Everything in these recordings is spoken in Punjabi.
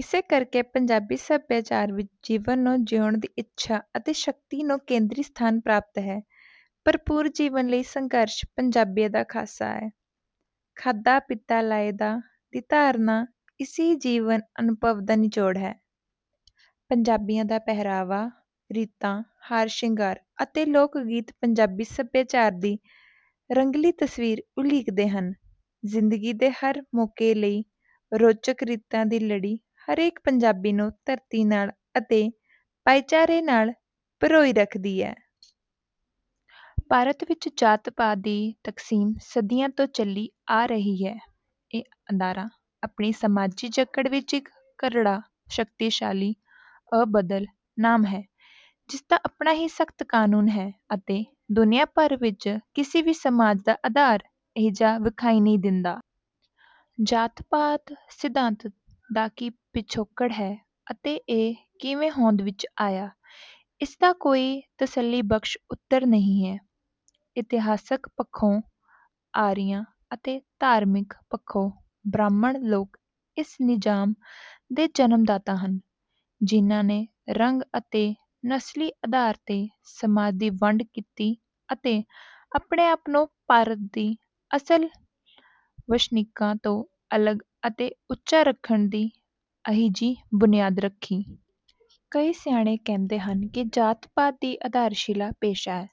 ਇਸੇ ਕਰਕੇ ਪੰਜਾਬੀ ਸੱਭਿਆਚਾਰ ਵਿੱਚ ਜੀਵਨ ਨੂੰ ਜਿਊਣ ਦੀ ਇੱਛਾ ਅਤੇ ਸ਼ਕਤੀ ਨੂੰ ਕੇਂਦਰੀ ਸਥਾਨ ਪ੍ਰਾਪਤ ਹੈ। ਭਰਪੂਰ ਜੀਵਨ ਲਈ ਸੰਘਰਸ਼ ਪੰਜਾਬੀਆਂ ਦਾ ਖ਼ਾਸਾ ਹੈ। 'ਖਾਧਾ ਪੀਤਾ ਲਾਹੇ ਦਾ' ਦੀ ਧਾਰਨਾ ਇਸੇ ਹੀ ਜੀਵਨ-ਅਨੁਭਵ ਦਾ ਨਿਚੋੜ ਹੈ। ਪੰਜਾਬੀਆਂ ਦਾ ਪਹਿਰਾਵਾ, ਰੀਤਾਂ, ਹਾਰ-ਸ਼ਿੰਗਾਰ ਅਤੇ ਲੋਕ-ਗੀਤ ਪੰਜਾਬੀ ਸੱਭਿਆਚਾਰ ਦੀ ਰੰਗੀਲੀ ਤਸਵੀਰ ਉਲੀਕਦੇ ਹਨ। ਜ਼ਿੰਦਗੀ ਦੇ ਹਰ ਮੌਕੇ ਲਈ ਰੌਚਕ ਰੀਤਾਂ ਦੀ ਲੜੀ ਹਰੇਕ ਪੰਜਾਬੀ ਨੂੰ ਧਰਤੀ ਨਾਲ ਅਤੇ ਭਾਈਚਾਰੇ ਨਾਲ ਪਰੋਈ ਰੱਖਦੀ ਹੈ। ਭਾਰਤ ਵਿੱਚ ਜਾਤ-ਪਾਤ ਦੀ ਤਕਸੀਮ ਸਦੀਆਂ ਤੋਂ ਚੱਲੀ ਆ ਰਹੀ ਹੈ। ਇਹ ਅਦਾਰਾ ਆਪਣੀ ਸਮਾਜੀ ਜਕੜ ਵਿੱਚ ਇੱਕ ਕਰੜਾ, ਸ਼ਕਤੀਸ਼ਾਲੀ, ਅਬਦਲ ਨਾਮ ਹੈ, ਜਿਸਦਾ ਆਪਣਾ ਹੀ ਸਖ਼ਤ ਕਾਨੂੰਨ ਹੈ ਅਤੇ ਦੁਨੀਆ ਭਰ ਵਿੱਚ ਕਿਸੇ ਵੀ ਸਮਾਜ ਦਾ ਆਧਾਰ ਅਜਿਹਾ ਵਿਖਾਈ ਨਹੀਂ ਦਿੰਦਾ। ਜਾਤ-ਪਾਤ ਸਿਧਾਂਤ ਦਾ ਕੀ ਪਿਛੋਕੜ ਹੈ ਅਤੇ ਇਹ ਕਿਵੇਂ ਹੋਂਦ ਵਿੱਚ ਆਇਆ, ਇਸਦਾ ਕੋਈ ਤਸੱਲੀਬਖਸ਼ ਉੱਤਰ ਨਹੀਂ ਹੈ। ਇਤਿਹਾਸਕ ਪੱਖੋਂ ਆਰੀਆ ਅਤੇ ਧਾਰਮਿਕ ਪੱਖੋਂ ਬ੍ਰਾਹਮਣ ਲੋਕ ਇਸ ਨਿਜ਼ਾਮ ਦੇ ਜਨਮਦਾਤਾ ਹਨ, ਜਿਨ੍ਹਾਂ ਨੇ ਰੰਗ ਅਤੇ ਨਸਲੀ ਆਧਾਰ 'ਤੇ ਸਮਾਜ ਦੀ ਵੰਡ ਕੀਤੀ ਅਤੇ ਆਪਣੇ ਆਪ ਨੂੰ ਭਾਰਤ ਦੇ ਅਸਲ ਵਸਨੀਕਾਂ ਤੋਂ ਅਲੱਗ ਅਤੇ ਉੱਚਾ ਰੱਖਣ ਦੀ ਅਜਿਹੀ ਬੁਨਿਆਦ ਰੱਖੀ। ਕਈ ਸਿਆਣੇ ਕਹਿੰਦੇ ਹਨ ਕਿ ਜਾਤ-ਪਾਤ ਦੀ ਆਧਾਰਸ਼ਿਲਾ ਪੇਸ਼ਾ ਹੈ।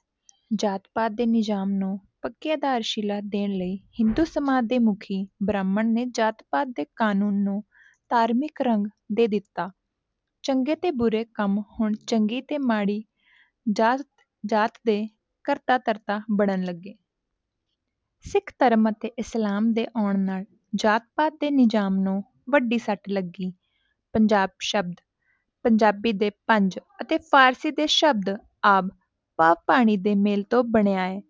ਜਾਤ-ਪਾਤ ਦੇ ਨਿਜ਼ਾਮ ਨੂੰ ਪੱਕੀ ਆਧਾਰਸ਼ਿਲਾ ਦੇਣ ਲਈ ਹਿੰਦੂ ਸਮਾਜ ਦੇ ਮੁਖੀ ਬ੍ਰਾਹਮਣ ਨੇ ਜਾਤ-ਪਾਤ ਦੇ ਕਾਨੂੰਨ ਨੂੰ ਧਾਰਮਿਕ ਰੰਗ ਦੇ ਦਿੱਤਾ। ਚੰਗੇ ਤੇ ਬੁਰੇ ਕੰਮ ਹੁਣ ਚੰਗੀ ਤੇ ਮਾੜੀ ਜਾਤ ਦੇ ਕਰਤਾ-ਧਰਤਾ ਬਣਨ ਲੱਗੇ। ਸਿੱਖ ਧਰਮ ਅਤੇ ਇਸਲਾਮ ਦੇ ਆਉਣ ਨਾਲ ਜਾਤ-ਪਾਤ ਦੇ ਨਿਜ਼ਾਮ ਨੂੰ ਵੱਡੀ ਸੱਟ ਲੱਗੀ। ਪੰਜਾਬ ਸ਼ਬਦ ਪੰਜਾਬੀ ਦੇ 'ਪੰਜ' ਅਤੇ ਫਾਰਸੀ ਦੇ ਸ਼ਬਦ 'ਆਬ' ਭਾਵ ਪਾਣੀ ਦੇ ਮੇਲ ਤੋਂ ਬਣਿਆ ਹੈ।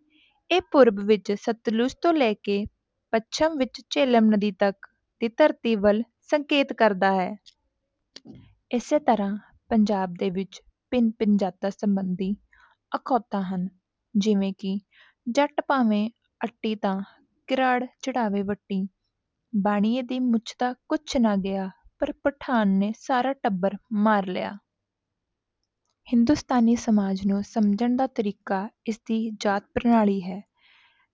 ਇਹ ਪੂਰਬ ਵਿੱਚ ਸਤਲੁਜ ਤੋਂ ਲੈ ਕੇ ਪੱਛਮ ਵਿੱਚ ਝੇਲਮ ਨਦੀ ਤੱਕ ਦੀ ਧਰਤੀ ਵੱਲ ਸੰਕੇਤ ਕਰਦਾ ਹੈ। ਇਸੇ ਤਰ੍ਹਾਂ ਪੰਜਾਬ ਦੇ ਵਿੱਚ ਭਿੰਨ-ਭਿੰਨ ਜਾਤਾਂ ਸੰਬੰਧੀ ਅਖੌਤਾਂ ਹਨ। ਜਿਵੇਂ ਕਿ: "ਜੱਟ ਭਾਵੇਂ ਅੱਟੀ ਤਾਂ ਕਿਰਾੜ ਚੜ੍ਹਾਵੇ ਵੱਟੀ। ਬਾਣੀਏ ਦੀ ਮੁੱਛ ਦਾ ਕੁਝ ਨਾ ਗਿਆ, ਪਰ ਪਠਾਨ ਨੇ ਸਾਰਾ ਟੱਬਰ ਮਾਰ ਲਿਆ।" ਹਿੰਦੁਸਤਾਨੀ ਸਮਾਜ ਨੂੰ ਸਮਝਣ ਦਾ ਤਰੀਕਾ ਇਸਦੀ ਜਾਤ-ਪ੍ਰਣਾਲੀ ਹੈ।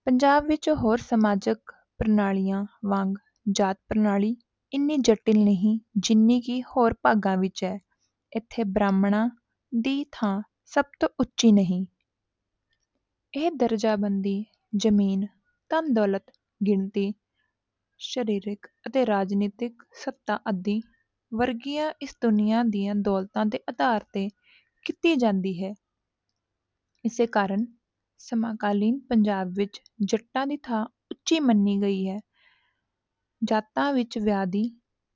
ਪੰਜਾਬ ਵਿੱਚ ਹੋਰ ਸਮਾਜਿਕ ਪ੍ਰਣਾਲੀਆਂ ਵਾਂਗ ਜਾਤ-ਪ੍ਰਣਾਲੀ ਇੰਨੀ ਜਟਿਲ ਨਹੀਂ ਜਿੰਨੀ ਕਿ ਹੋਰ ਭਾਗਾਂ ਵਿੱਚ ਹੈ। ਇੱਥੇ ਬ੍ਰਾਹਮਣਾਂ ਦੀ ਥਾਂ ਸਭ ਤੋਂ ਉੱਚੀ ਨਹੀਂ। ਇਹ ਦਰਜਾਬੰਦੀ ਜ਼ਮੀਨ, ਧਨ-ਦੌਲਤ, ਗਿਣਤੀ, ਸਰੀਰਕ ਅਤੇ ਰਾਜਨੀਤਕ ਸੱਤਾ ਆਦਿ ਵਰਗੀਆਂ ਇਸ ਦੁਨੀਆ ਦੀਆਂ ਦੌਲਤਾਂ ਦੇ ਆਧਾਰ 'ਤੇ ਕੀਤੀ ਜਾਂਦੀ ਹੈ। ਇਸੇ ਕਾਰਨ ਸਮਕਾਲੀਨ ਪੰਜਾਬ ਵਿੱਚ ਜੱਟਾਂ ਦੀ ਥਾਂ ਉੱਚੀ ਮੰਨੀ ਗਈ ਹੈ। ਜਾਤਾਂ ਵਿੱਚ ਵਿਆਹ ਦੀ